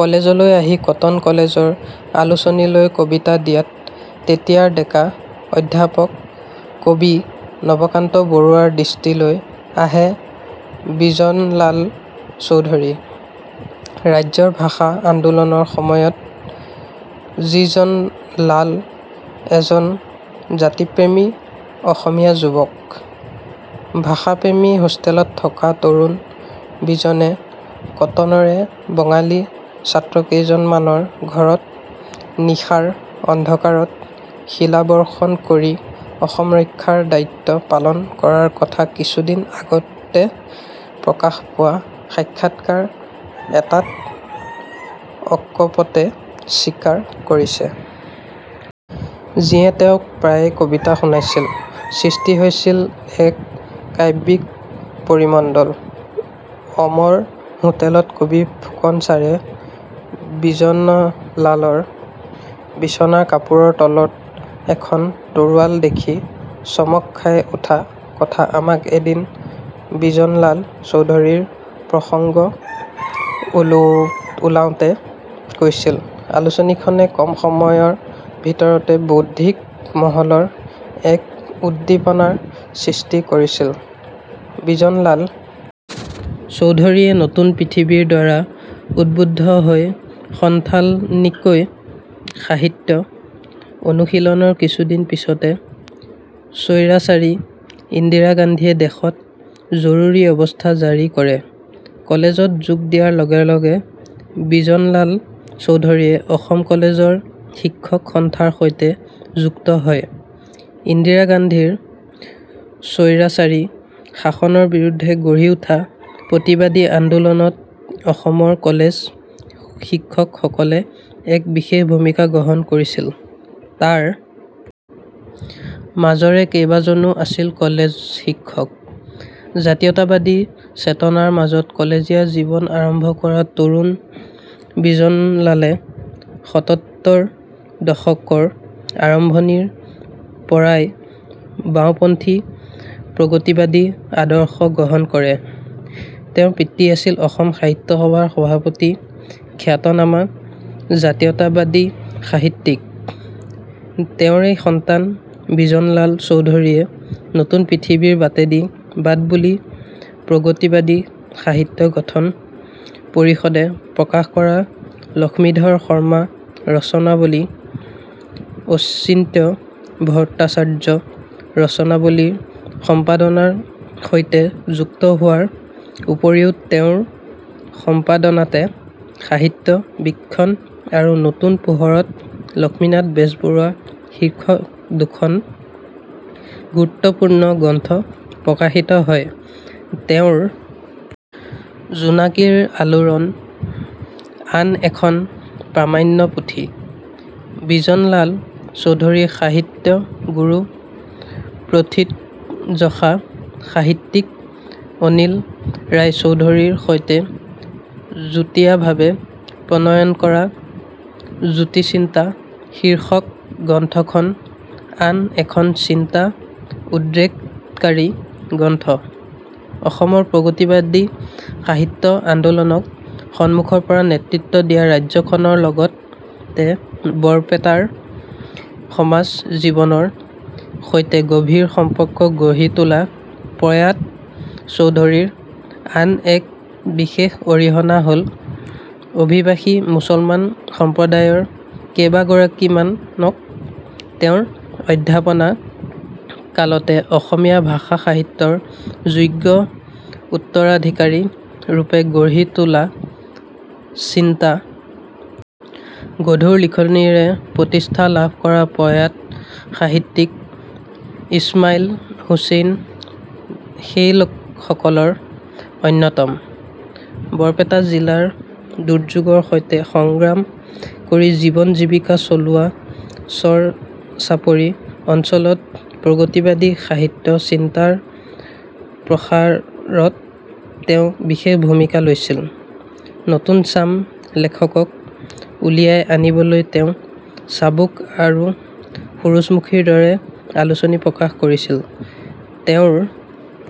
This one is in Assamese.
কলেজলৈ আহি কটন কলেজৰ আলোচনীলৈ কবিতা দিয়াত তেতিয়াৰ ডেকা অধ্যাপক কবি নৱকান্ত বৰুৱাৰ দৃষ্টিলৈ আহে বিজনলাল চৌধুৰী। ৰাজ্যৰ ভাষা আন্দোলনৰ সময়ত বিজনলাল এজন জাতিপ্ৰেমী অসমীয়া যুৱক। ভাষাপ্ৰেমী হোষ্টেলত থকা তৰুণ বিজনে কটনৰে বঙালী ছাত্ৰকেইজনমানৰ ঘৰত নিশাৰ অন্ধকাৰত শিলাবৰ্ষণ কৰি অসম ৰক্ষাৰ দায়িত্ব পালন কৰাৰ কথা কিছুদিন আগতে প্ৰকাশ পোৱা সাক্ষাৎকাৰ এটাত অকপটে স্বীকাৰ কৰিছে। যিয়ে তেওঁক প্ৰায়ে কবিতা শুনাইছিল। সৃষ্টি হৈছিল এক কাব্যিক পৰিমণ্ডল। অমৰ হোটেলত কবি ফুকন ছাৰে বিজনলালৰ বিছনাৰ কাপোৰৰ তলত এখন তৰোৱাল দেখি চমক খাই উঠা কথা আমাক এদিন বিজনলাল চৌধুৰীৰ প্ৰসংগ ওলাওতে কৈছিল। আলোচনীখনে কম সময়ৰ ভিতৰতে বৌদ্ধিক মহলৰ এক উদ্দীপনাৰ সৃষ্টি কৰিছিল। বিজনলাল চৌধুৰীয়ে নতুন পৃথিৱীৰ দ্বাৰা উদ্বুদ্ধ হৈ সন্ঢালনিকৈ সাহিত্য অনুশীলনৰ কিছুদিন পিছতে স্বৈৰাচাৰী ইন্দিৰা গান্ধীয়ে দেশত জৰুৰী অৱস্থা জাৰি কৰে। কলেজত যোগ দিয়াৰ লগে লগে বিজনলাল চৌধুৰীয়ে অসম কলেজ শিক্ষক সন্থাৰ সৈতে যুক্ত হয়। ইন্দিৰা গান্ধীৰ স্বৈৰাচাৰী শাসনৰ বিৰুদ্ধে গঢ়ি উঠা প্ৰতিবাদী আন্দোলনত অসমৰ কলেজ শিক্ষক সকলে এক বিশেষ ভূমিকা গ্ৰহণ কৰিছিল। তাৰ মাজৰে কেইবাজনো আছিল কলেজ শিক্ষক। জাতীয়তাবাদী চেতনাৰ মাজত কলেজীয়া জীৱন আৰম্ভ কৰা তৰুণ বিজনলালে সত্তৰৰ দশকৰ আৰম্ভণিৰ পৰাই বাঁওপন্থী প্ৰগতিবাদী আদৰ্শ গ্ৰহণ কৰে। তেওঁৰ পিতৃ আছিল অসম সাহিত্য সভাৰ সভাপতি খ্যাতনামা জাতীয়তাবাদী সাহিত্যিক। তেওঁৰেই সন্তান বিজনলাল চৌধুৰীয়ে নতুন পৃথিৱীৰ বাটেদি বাট বুলি প্ৰগতিবাদী সাহিত্য সংগঠন, পৰিষদে প্ৰকাশ কৰা লক্ষ্মীধৰ শৰ্মা ৰচনাৱলী অচিন্ত্য ভট্টাচাৰ্য ৰচনাৱলীৰ সম্পাদনাৰ সৈতে যুক্ত হোৱাৰ উপৰিও তেওঁৰ সম্পাদনাতে সাহিত্য বীক্ষণ আৰু নতুন পোহৰত লক্ষ্মীনাথ বেজবৰুৱা শীৰ্ষক দুখন গুৰুত্বপূৰ্ণ গ্ৰন্থ প্ৰকাশিত হয়। তেওঁৰ জোনাকীৰ আলোড়ন আন এখন প্ৰামাণ্য পুথি। বিজনলাল চৌধুৰীৰ সাহিত্য গুৰু প্ৰথিতযশা সাহিত্যিক অনিল ৰায়চৌধুৰীৰ সৈতে যুটীয়াভাবে প্ৰণয়ন কৰা জোতিচিন্তা শীৰ্ষক গ্ৰন্থ খন আন এখন চিন্তা উদ্ৰেককাৰী গ্ৰন্থ। অসমৰ প্ৰগতিবাদী সাহিত্য আন্দোলনক সন্মুখৰ পৰা নেতৃত্ব দিয়া ৰাজ্যখনৰ লগতে বৰপেটাৰ সমাজ জীৱনৰ সৈতে গভীৰ সম্পৰ্ক গঢ়ি তোলা প্ৰয়াত চৌধুৰীৰ আন এক বিশেষ অৰিহণা হ'ল অভিবাসী মুছলমান সম্প্ৰদায়ৰ কেইবাগৰাকীমানক তেওঁৰ অধ্যাপনা কালতে অসমীয়া ভাষা সাহিত্যৰ যোগ্য উত্তৰাধিকাৰী ৰূপে গঢ়ি তোলা। চিন্তা গধুৰ লিখনিৰে প্ৰতিষ্ঠা লাভ কৰা প্ৰয়াত সাহিত্যিক ইছমাইল হোছেইন সেইসকলৰ অন্যতম। বৰপেটা জিলাৰ দুৰ্যোগৰ সৈতে সংগ্ৰাম কৰি জীৱন জীৱিকা চলোৱা চৰ চাপৰি অঞ্চলত প্ৰগতিবাদী সাহিত্য চিন্তাৰ প্ৰসাৰত তেওঁ বিশেষ ভূমিকা লৈছিল। নতুন চাম লেখকক উলিয়াই আনিবলৈ তেওঁ চাবুক আৰু সুৰুযমুখীৰ দৰে আলোচনী প্ৰকাশ কৰিছিল। তেওঁৰ